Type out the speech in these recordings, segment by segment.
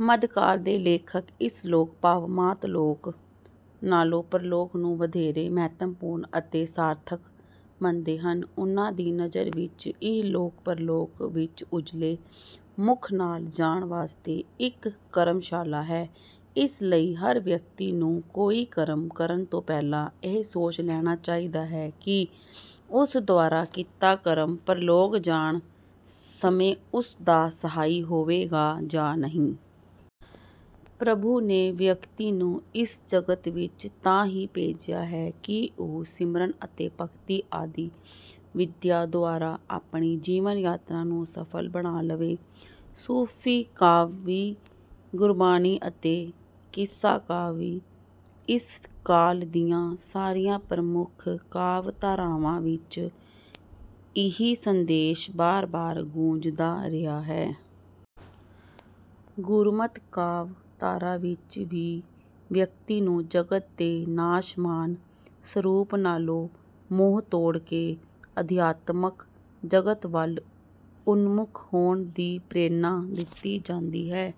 ਮੱਧਕਾਲ ਦੇ ਲੇਖਕ ਇਸ ਲੋਕ, ਭਾਵ ਮਾਤ-ਲੋਕ ਨਾਲੋਂ ਪਰਲੋਕ ਨੂੰ ਵਧੇਰੇ ਮਹੱਤਵਪੂਰਨ ਅਤੇ ਸਾਰਥਿਕ ਮੰਨਦੇ ਹਨ। ਉਨ੍ਹਾਂ ਦੀ ਨਜ਼ਰ ਵਿੱਚ ਇਹ ਲੋਕ ਪਰਲੋਕ ਵਿੱਚ ਉਜਲੇ ਮੁੱਖ ਨਾਲ ਜਾਣ ਵਾਸਤੇ ਇੱਕ ਕਰਮਸ਼ਾਲਾ ਹੈ। ਇਸ ਲਈ ਹਰ ਵਿਅਕਤੀ ਨੂੰ ਕੋਈ ਕਰਮ ਕਰਨ ਤੋਂ ਪਹਿਲਾਂ ਇਹ ਸੋਚ ਲੈਣਾ ਚਾਹੀਦਾ ਹੈ ਕਿ ਉਸ ਦੁਆਰਾ ਕੀਤਾ ਕਰਮ ਪਰਲੋਕ ਜਾਣ ਸਮੇਂ ਉਸ ਦਾ ਸਹਾਈ ਹੋਵੇਗਾ ਜਾਂ ਨਹੀਂ। ਪ੍ਰਭੂ ਨੇ ਵਿਅਕਤੀ ਨੂੰ ਇਸ ਜਗਤ ਵਿੱਚ ਤਾਂ ਹੀ ਭੇਜਿਆ ਹੈ ਕਿ ਉਹ ਸਿਮਰਨ ਅਤੇ ਭਗਤੀ ਆਦਿ ਵਿਧੀਆਂ ਦੁਆਰਾ ਆਪਣੀ ਜੀਵਨ-ਯਾਤਰਾ ਨੂੰ ਸਫ਼ਲ ਬਣਾ ਲਵੇ। ਸੂਫ਼ੀ ਕਾਵਿ, ਗੁਰਬਾਣੀ ਅਤੇ ਕਿੱਸਾ ਕਾਵਿ—ਇਸ ਕਾਲ ਦੀਆਂ ਸਾਰੀਆਂ ਪ੍ਰਮੁੱਖ ਕਾਵਿ-ਧਾਰਾਵਾਂ ਵਿੱਚ ਇਹੀ ਸੰਦੇਸ਼ ਬਾਰ-ਬਾਰ ਗੂੰਜਦਾ ਰਿਹਾ ਹੈ। ਗੁਰਮਤਿ ਕਾਵਿ-ਧਾਰਾ ਵਿੱਚ ਵੀ ਵਿਅਕਤੀ ਨੂੰ ਜਗਤ ਦੇ ਨਾਸ਼ਮਾਨ ਸਰੂਪ ਨਾਲੋਂ ਮੋਹ ਤੋੜ ਕੇ ਅਧਿਆਤਮਕ ਜਗਤ ਵੱਲ ਉਨਮੁੱਖ ਹੋਣ ਦੀ ਪ੍ਰੇਰਣਾ ਦਿੱਤੀ ਜਾਦੀ ਹੈ।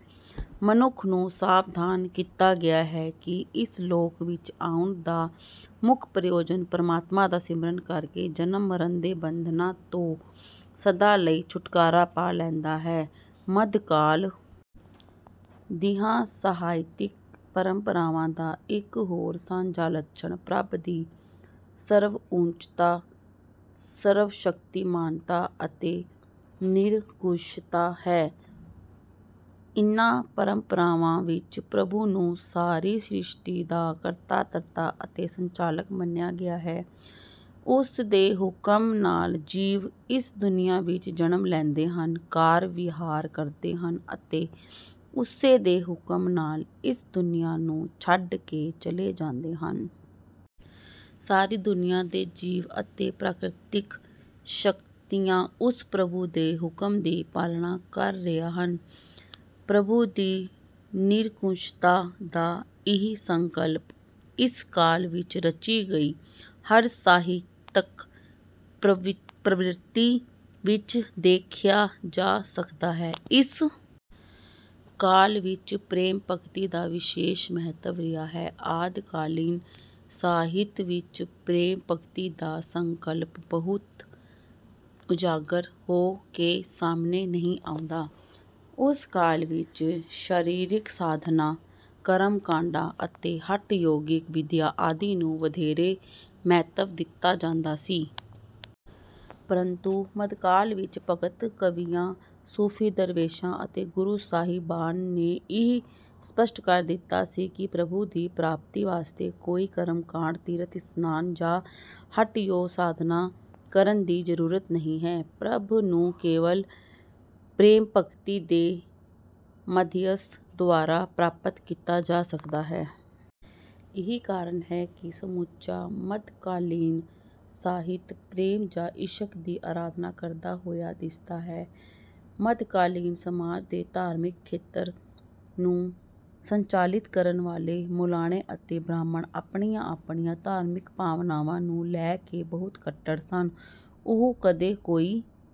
ਮਨੁੱਖ ਨੂੰ ਸਾਵਧਾਨ ਕੀਤਾ ਗਿਆ ਹੈ ਕਿ ਇਸ ਲੋਕ ਵਿੱਚ ਆਉਣ ਦਾ ਮੁੱਖ ਪ੍ਰਯੋਜਨ ਪ੍ਰਮਾਤਮਾ ਦਾ ਸਿਮਰਨ ਕਰਕੇ ਜਨਮ-ਮਰਨ ਦੇ ਬੰਧਨਾਂ ਤੋਂ ਸਦਾ ਲਈ ਛੁਟਕਾਰਾ ਪਾ ਲੈਣਾ ਹੈ। ਮੱਧਕਾਲ ਦੀਆਂ ਸਾਹਿਤਿਕ ਪਰੰਪਰਾਵਾਂ ਦਾ ਇੱਕ ਹੋਰ ਸਾਂਝਾ ਲੱਛਣ ਪ੍ਰਭੂ ਦੀ ਸਰਵਉੱਚਤਾ, ਸਰਵ-ਸ਼ਕਤੀਮਾਨਤਾ ਅਤੇ ਨਿਰੰਕੁਸ਼ਤਾ ਹੈ। ਇਨ੍ਹਾਂ ਪਰੰਪਰਾਵਾਂ ਵਿੱਚ ਪ੍ਰਭੂ ਨੂੰ ਸਾਰੀ ਸ੍ਰਿਸ਼ਟੀ ਦਾ ਕਰਤਾ-ਧਰਤਾ ਅਤੇ ਸੰਚਾਲਕ ਮੰਨਿਆ ਗਿਆ ਹੈ। ਉਸੇ ਦੇ ਹੁਕਮ ਨਾਲ ਜੀਵ ਇਸ ਦੁਨੀਆਂ ਵਿੱਚ ਜਨਮ ਲੈਂਦੇ ਹਨ, ਕਾਰ-ਵਿਹਾਰ ਕਰਦੇ ਹਨ ਅਤੇ ਉਸੇ ਦੇ ਹੁਕਮ ਨਾਲ ਇਸ ਦੁਨੀਆਂ ਨੂੰ ਛੱਡ ਕੇ ਚਲੇ ਜਾਂਦੇ ਹਨ। ਸਾਰੀ ਦੁਨੀਆਂ ਦੇ ਜੀਵ ਅਤੇ ਪ੍ਰਕ੍ਰਿਤਕ ਸ਼ਕਤੀਆਂ ਉਸ ਪ੍ਰਭੂ ਦੇ ਹੁਕਮ ਦੀ ਪਾਲਣਾ ਕਰ ਰਹੀਆਂ ਹਨ। ਪ੍ਰਭੂ ਦੀ ਨਿਰੰਕੁਸ਼ਤਾ ਦਾ ਇਹ ਸੰਕਲਪ ਇਸ ਕਾਲ ਵਿੱਚ ਰਚੀ ਗਈ ਹਰ ਸਾਹਿਤਕ ਪ੍ਰਵਿਰਤੀ ਵਿੱਚ ਦੇਖਿਆ ਜਾ ਸਕਦਾ ਹੈ। ਇਸ ਕਾਲ ਵਿੱਚ ਪ੍ਰੇਮ-ਭਗਤੀ ਦਾ ਵਿਸ਼ੇਸ਼ ਮਹੱਤਵ ਰਿਹਾ ਹੈ। ਆਦਿਕਾਲੀਨ ਸਾਹਿਤ ਵਿੱਚ ਪ੍ਰੇਮ-ਭਗਤੀ ਦਾ ਸੰਕਲਪ ਬਹੁਤਾ ਉਜਾਗਰ ਹੋ ਕੇ ਸਾਹਮਣੇ ਨਹੀਂ ਆਉਂਦਾ। ਉਸ ਕਾਲ ਵਿੱਚ ਸਰੀਰਕ ਸਾਧਨਾਂ, ਕਰਮ-ਕਾਂਡਾਂ ਅਤੇ ਹਠ-ਯੋਗਿਕ ਵਿਧੀਆਂ ਆਦਿ ਨੂੰ ਵਧੇਰੇ ਮਹੱਤਵ ਦਿੱਤਾ ਜਾਂਦਾ ਸੀ। ਪਰੰਤੂ ਮੱਧਕਾਲ ਵਿੱਚ ਭਗਤ ਕਵੀਆਂ, ਸੂਫ਼ੀ ਦਰਵੇਸ਼ਾਂ ਅਤੇ ਗੁਰੂ ਸਾਹਿਬਾਨ ਨੇ ਇਹ ਸਪਸ਼ਟ ਕਰ ਦਿੱਤਾ ਸੀ ਕਿ ਪ੍ਰਭੂ ਦੀ ਪ੍ਰਾਪਤੀ ਵਾਸਤੇ ਕੋਈ ਕਰਮ-ਕਾਂਡ, ਤੀਰਥ-ਇਸ਼ਨਾਨ ਜਾਂ ਹਠਯੋਗ-ਸਾਧਨਾ ਕਰਨ ਦੀ ਜ਼ਰੂਰਤ ਨਹੀਂ ਹੈ। ਪ੍ਰਭੂ ਨੂੰ ਕੇਵਲ ਪ੍ਰੇਮ-ਭਗਤੀ ਦੇ ਮਾਧਿਅਮ ਦੁਆਰਾ ਪ੍ਰਾਪਤ ਕੀਤਾ ਜਾ ਸਕਦਾ ਹੈ। ਇਹੀ ਕਾਰਨ ਹੈ ਕਿ ਸਮੁੱਚਾ ਮੱਧਕਾਲੀਨ ਸਾਹਿਤ ਪ੍ਰੇਮ ਜਾਂ ਇਸ਼ਕ ਦੀ ਅਰਾਧਨਾ ਕਰਦਾ ਹੋਇਆ ਦਿਸਦਾ ਹੈ। ਮੱਧਕਾਲੀਨ ਸਮਾਜ ਦੇ ਧਾਰਮਿਕ ਖੇਤਰ ਨੂੰ ਸੰਚਾਲਿਤ ਕਰਨ ਵਾਲੇ ਮੌਲਾਣੇ ਅਤੇ ਬ੍ਰਾਹਮਣ ਆਪਣੀਆਂ-ਆਪਣੀਆਂ ਧਾਰਮਿਕ ਭਾਵਨਾਵਾਂ ਨੂੰ ਲੈ ਕੇ ਬਹੁਤ ਕੱਟੜ ਸਨ। ਉਹ ਕਦੇ ਕੋਈ...